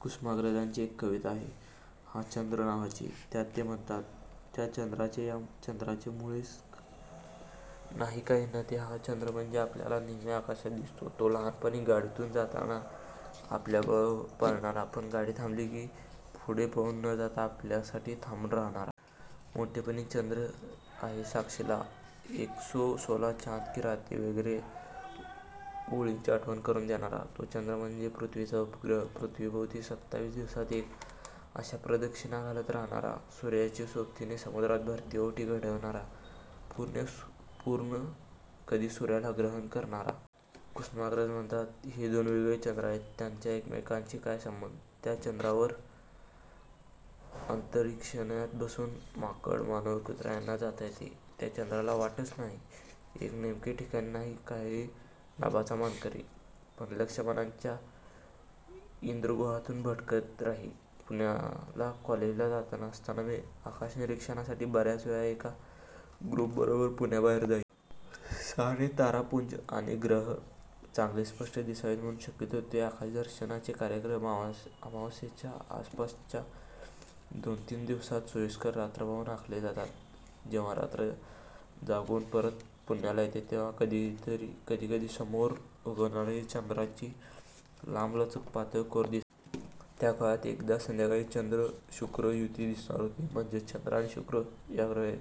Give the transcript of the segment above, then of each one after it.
कुसुमाग्रजांची एक कविता आहे, 'हा चंद्र' नावाची. त्यात ते म्हणतात, "त्या चंद्राचे या चंद्राचे मुळीच नाही काही नाते" 'हा चंद्र' म्हणजे आपल्याला नेहमी आकाशात दिसतो, तो. लहानपणी गाडीतून जाताना आपल्यासोबत पळणारा, पण गाडी थांबली तर पुढे पळून न जाता आपल्यासाठी थांबून राहणारा. मोठेपणी 'चंद्र आहे साक्षीला', ' एकसो सोला चॉंद की रातें' वगैरे ओळींची आठवण करून देणारा. 'तो चंद्र' म्हणजे पृथ्वीचा उपग्रह. पृथ्वीभोवती सत्तावीस दिवसांत एक, अशा प्रदक्षिणा घालत राहणारा, सूर्याच्या सोबतीने समुद्रात भरती-ओहोटी घडवणारा, कधी सूर्यालाच ग्रहण लावणारा. कुसुमाग्रज म्हणतात, हे दोन वेगवेगळे चंद्र आहेत. त्यांचा एकमेकांशी काय संबंध? "त्या चंद्रावर अंतरिक्षयानात बसूनी माकड, मानव, कुत्रा यांना जाता येते या चंद्राला वाटच नाही, एक नेमके ठिकाण नाही हाही नभाचा मानकरी, पण लक्ष मनांच्या इंद्रगुहांतून भटकत राही" पुण्याला कॉलेजला असताना मी आकाशनिरीक्षणासाठी बर्याच वेळा एका ग्रुपबरोबर पुण्याबाहेर जायचे. तारे, तारकापुंज आणि ग्रह चांगले स्पष्ट दिसावेत म्हणून शक्यतो हे आकाशदर्शनाचे कार्यक्रम अमावास्येच्या आसपासच्या दोनतीन दिवसात सोयीस्कर रात्र पाहून आखले जातात. तेव्हा रात्र जागवून परत पुण्याला येताना कधीकधी समोर उगवणारी चंद्राची लांबलचक पातळ कोर दिसायची. त्या काळात एकदा संध्याकाळी चंद्र-शुक्र युती दिसणार होती, म्हणजेच चंद्र आणि शुक्र ग्रह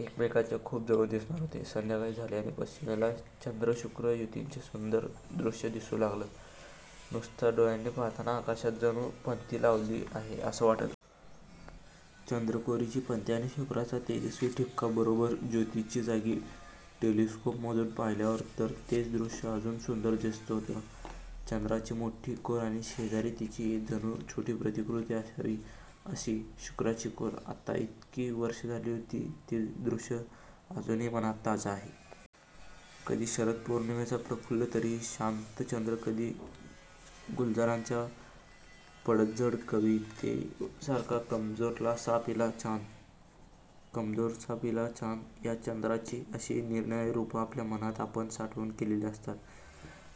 एकमेकांच्या खूप जवळ दिसणार होते. संध्याकाळ झाली आणि पश्चिमेला चंद्र-शुक्र युतीचं सुंदर दृश्य दिसू लागलं. नुसत्या डोळ्यांनी पाहताना आकाशात जणू पणती लावली आहे असं वाटत होतं. चंद्रकोरीची पणती आणि शुक्राचा तेजस्वी ठिपका बरोबर ज्योतीच्या जागी. टेलिस्कोपमधून पाहिल्यावर तर तेच दृश्य अजून सुंदर दिसत होतं. चंद्राची मोठी कोर आणि शेजारी तिची जणू छोटी प्रतिकृती असावी तशी शुक्राची कोर! आता इतकी वर्षं झाली, तरी ते दृश्य अजूनही मनात ताजं आहे. कधी शरद पौर्णिमेचा प्रफुल्लित, तरीही शांत चंद्र, कधी गुलजारांच्या 'पतझड' कवितेतल्यासारखा 'कमजोर सा पीला चांद', 'या' चंद्राची अशी निरनिराळी रूपं आपल्या मनात आपण साठवून ठेवलेली असतात.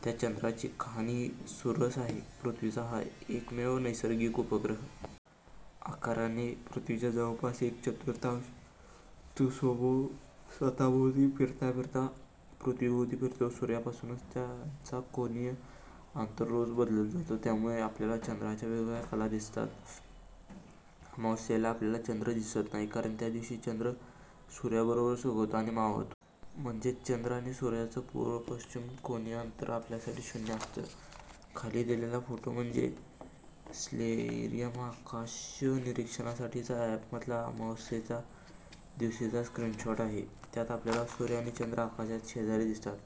'त्या' चंद्राची कहाणीही सुरस आहे. पृथ्वीचा हा एकमेव नैसर्गिक उपग्रह. आकाराने पृथ्वीच्या जवळपास एक चतुर्थांश. तो स्वतःभोवती फिरता फिरता पृथ्वीभोवती फिरतो. सूर्यापासून त्याचं कोनीय अंतर रोज बदलत जातं, त्यामुळे आपल्याला चंद्राच्या वेगवेगळ्या 'कला' दिसतात. अमावास्येला आपल्याला चंद्र दिसत नाही, कारण त्या दिवशी चंद्र सूर्याबरोबरच उगवतो आणि मावळतो. म्हणजेच, चंद्र आणि सूर्याचं पूर्व-पश्चिम कोनीय अंतर आपल्यासाठी शून्य असतं. खाली दिलेला फोटो म्हणजे स्टेलारियम या आकाशनिरीक्षणासाठीच्या अॅपमधला अमावास्येच्या दिवशीचा स्क्रीनशॉट आहे. त्यात आपल्याला सूर्य आणि चंद्र आकाशात शेजारी शेजारी दिसतायत.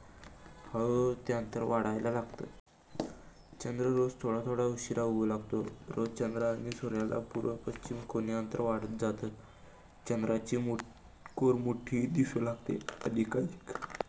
हळूहळू हे अंतर वाढायला लागतं. चंद्र रोज थोडा थोडा उशिरा उगवू लागतो.. रोज चंद्र आणि सूर्यातलं पूर्व-पश्चिम कोनीय अंतर वाढत वाढत जातं, चंद्राची कोर मोठी-मोठी दिसू लागते, अधिकाधिक